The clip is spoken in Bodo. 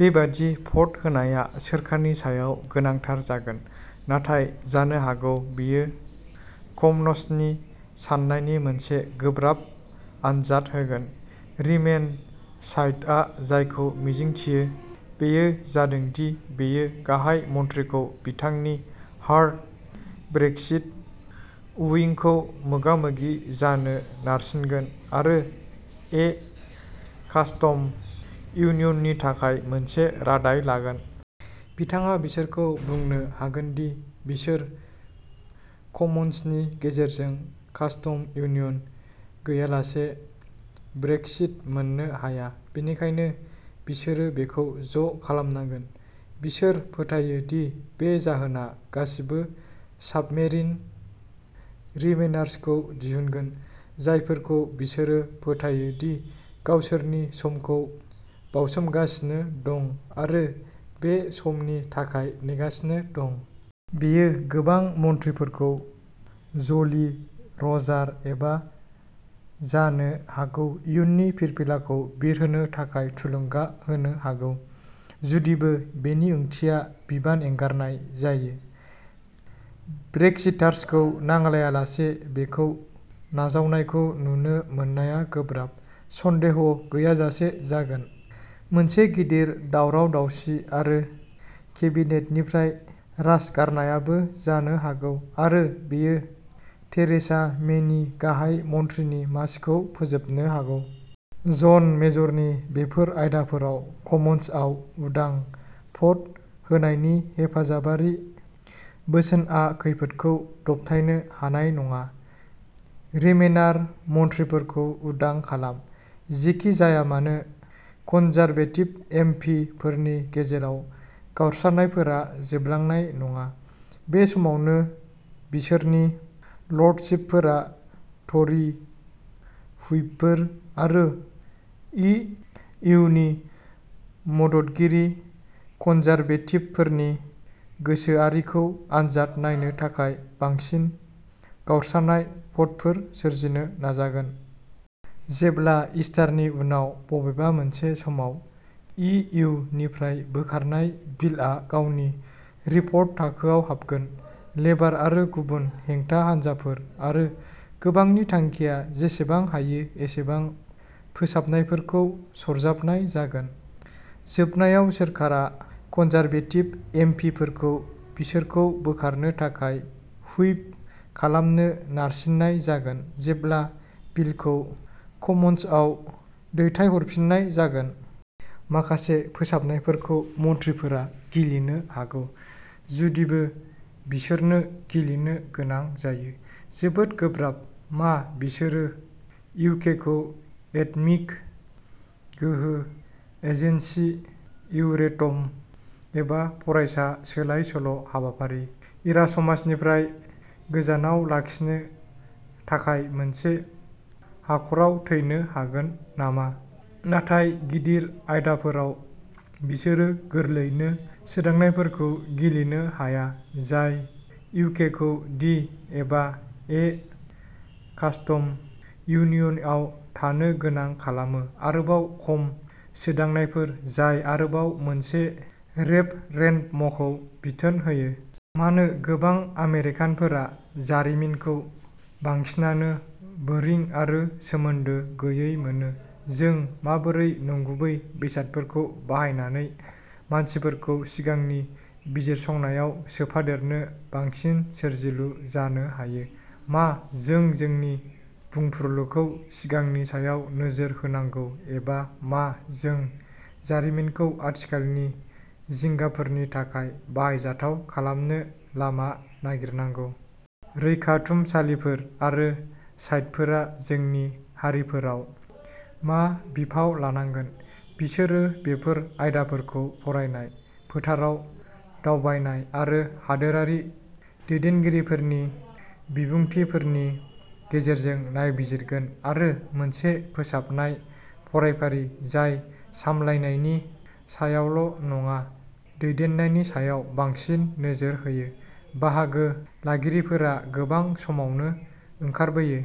बेबादि भट होनाया सोरखारनि सायाव गोनांथार जागोन। नाथाय जानो हागौ बेयो कमन्सनि साननायनि मोनसे गोब्राब आनजाद होगोन। रिमेन साइडआ जायखौ मिजिंथियो बेयो जादों दि बेयो गाहाय मन्थ्रिखौ बिथांनि हार्ड ब्रेक्सिट उइंखौ मोगा-मोगि जानो नारसिनगोन आरो ए कास्टम इउनियननि थाखाय मोनसे रादाय लागोन। बिथाङा बिसोरखौ बुंनो हागोन दि बिसोर कमन्सनि गेजेरजों कास्टम इउनियन गैयालासे ब्रेक्सिट मोननो हाया, बेनिखायनो बिसोरो बेखौ ज' खालामनांगोन। बिसोर फोथायो दि बे जाहोना गासिबो साबमेरिन रिमेनार्स खौ दिहुनगोन, जायफोरखौ बिसोरो फोथायो दि गावसोरनि समखौ बावसोमगासिनो दं आरो बे समनि थाखाय नेगासिनो दं। बेयो गोबां मन्थ्रिफोरखौ ज'लि रजार एबा जानो हागौ इयुनि फिरफिलाखौ बिरहोनो थाखाय थुलुंगा होनो हागौ, जुदिबो बेनि ओंथिया बिबान एंगारनाय जायो। ब्रेक्सिटार्सखौ नांलायालासे बेखौ नाजावनायखौ नुनो मोननाया गोब्राब। सन्देह गैयाजासे जागोन। मोनसे गिदिर दावराव-दावसि आरो केबिनेटनिफ्राय राजगारनायाबो जानो हागौ आरो बेयो थेरेसा मेनि गाहाय मन्थ्रिनि मासिखौ फोजोबनो हागौ। जन मेजरनि बेफोर आयदाफोराव कमन्सआव उदां भ'ट होनायनि हेफाजाबारि बोसोनआ खैफोदखौ दबथायनो हानाय नङा रिमेनार मन्थ्रिफोरखौ उदां खालाम। जेखि जाया मानो, कनजारभेटिभ एम पि फोरनि गेजेराव गावस्रानायफोरा जोबलांनाय नङा। बे समावनो बिसोरनि लर्डशिपफोरा ट'रि हुइपफोर आरो इ इउ नि मददगिरि कनजारभेटिभफोरनि गोसोआरिखौ आनजाद नायनो थाखाय बांसिन गावस्रानाय भ'टफोर सोरजिनो नाजागोन। जेब्ला, ईस्टारनि उनाव बबेबा मोनसे समाव, इ इउ निफ्राय बोखारनाय बिलआ गावनि रिपर्ट थाखोआव हाबगोन, लेबार आरो गुबुन हेंथा हानजाफोर आरो गोबांनि थांखिया जेसेबां हायो एसेबां फोसाबनायफोरखौ सरजाबनाय जागोन, जोबनायाव सोरखारा कनजारभेटिभ एम पि फोरखौ बिसोरखौ बोखारनो थाखाय हुइप खालामनो नारसिननाय जागोन, जेब्ला बिलखौ कमन्सआव दैथायहरफिननाय जागोन। माखासे फोसाबनायफोरखौ मन्थ्रिफोरा गिलिनो हागौ, जुदिबो बिसोरनो गिलिनो गोनां जायो। जोबोद गोब्राब। मा बिसोरो इउकेखौ एट'मिक गोहो एजेन्सि, इउरेटम, एबा फरायसा सोलाय-सोल' हाबाफारि, इरास्मासनिफ्राय गोजानाव लाखिनो थाखाय मोनसे हाखराव थैनो हागोन नामा? नाथाय गिदिर आयदाफोराव, बिसोरो गोरलैयैनो सोदांनायफोरखौ गिलिनो हाया, जाय इउकेखौ दि एबा ए कास्टम इउनियनआव थानो गोनां खालामो आरोबाव खम सोदांनायफोर जाय आरोबाव मोनसे रेफरेन्डमखौ बिथोन होयो। मानो गोबां आमेरिकानफोरा जारिमिनखौ, बांसिनानो, बोरिं आरो सोमोन्दो गैयै मोनो? जों माबोरै नंगुबै बेसादफोरखौ बाहायनानै मानसिफोरखौ सिगांनि बिजिरसंनायाव सोफादेरनो बांसिन सोरजिलु जानो हायो? मा जों जोंनि बुंफुरलुखौ सिगांनि सायाव नोजोर होनांगौ एबा मा जों जारिमिनखौ आथिखालनि जिंगाफोरनि थाखाय बाहायजाथाव खालामनो लामा नागिरनांगौ? रैखाथुमसालिफोर आरो साइटफोरा जोंनि हारिफोराव मा बिफाव लानांगोन? बिसोरो बेफोर आयदाफोरखौ फरायनाय, फोथार दावबायनाय आरो हादोरारि दैदेनगिरिफोरनि बिबुंथिफोरनि गेजेरजों नायबिजिरगोन आरो मोनसे फोसाबनाय फरायफारि जाय सामलायनायनि सायावल' नङा, दैदेननायनि सायाव बांसिन नोजोर होयो। बाहागो लागिरिफोरा गोबां समावनो ओंखारबोयो।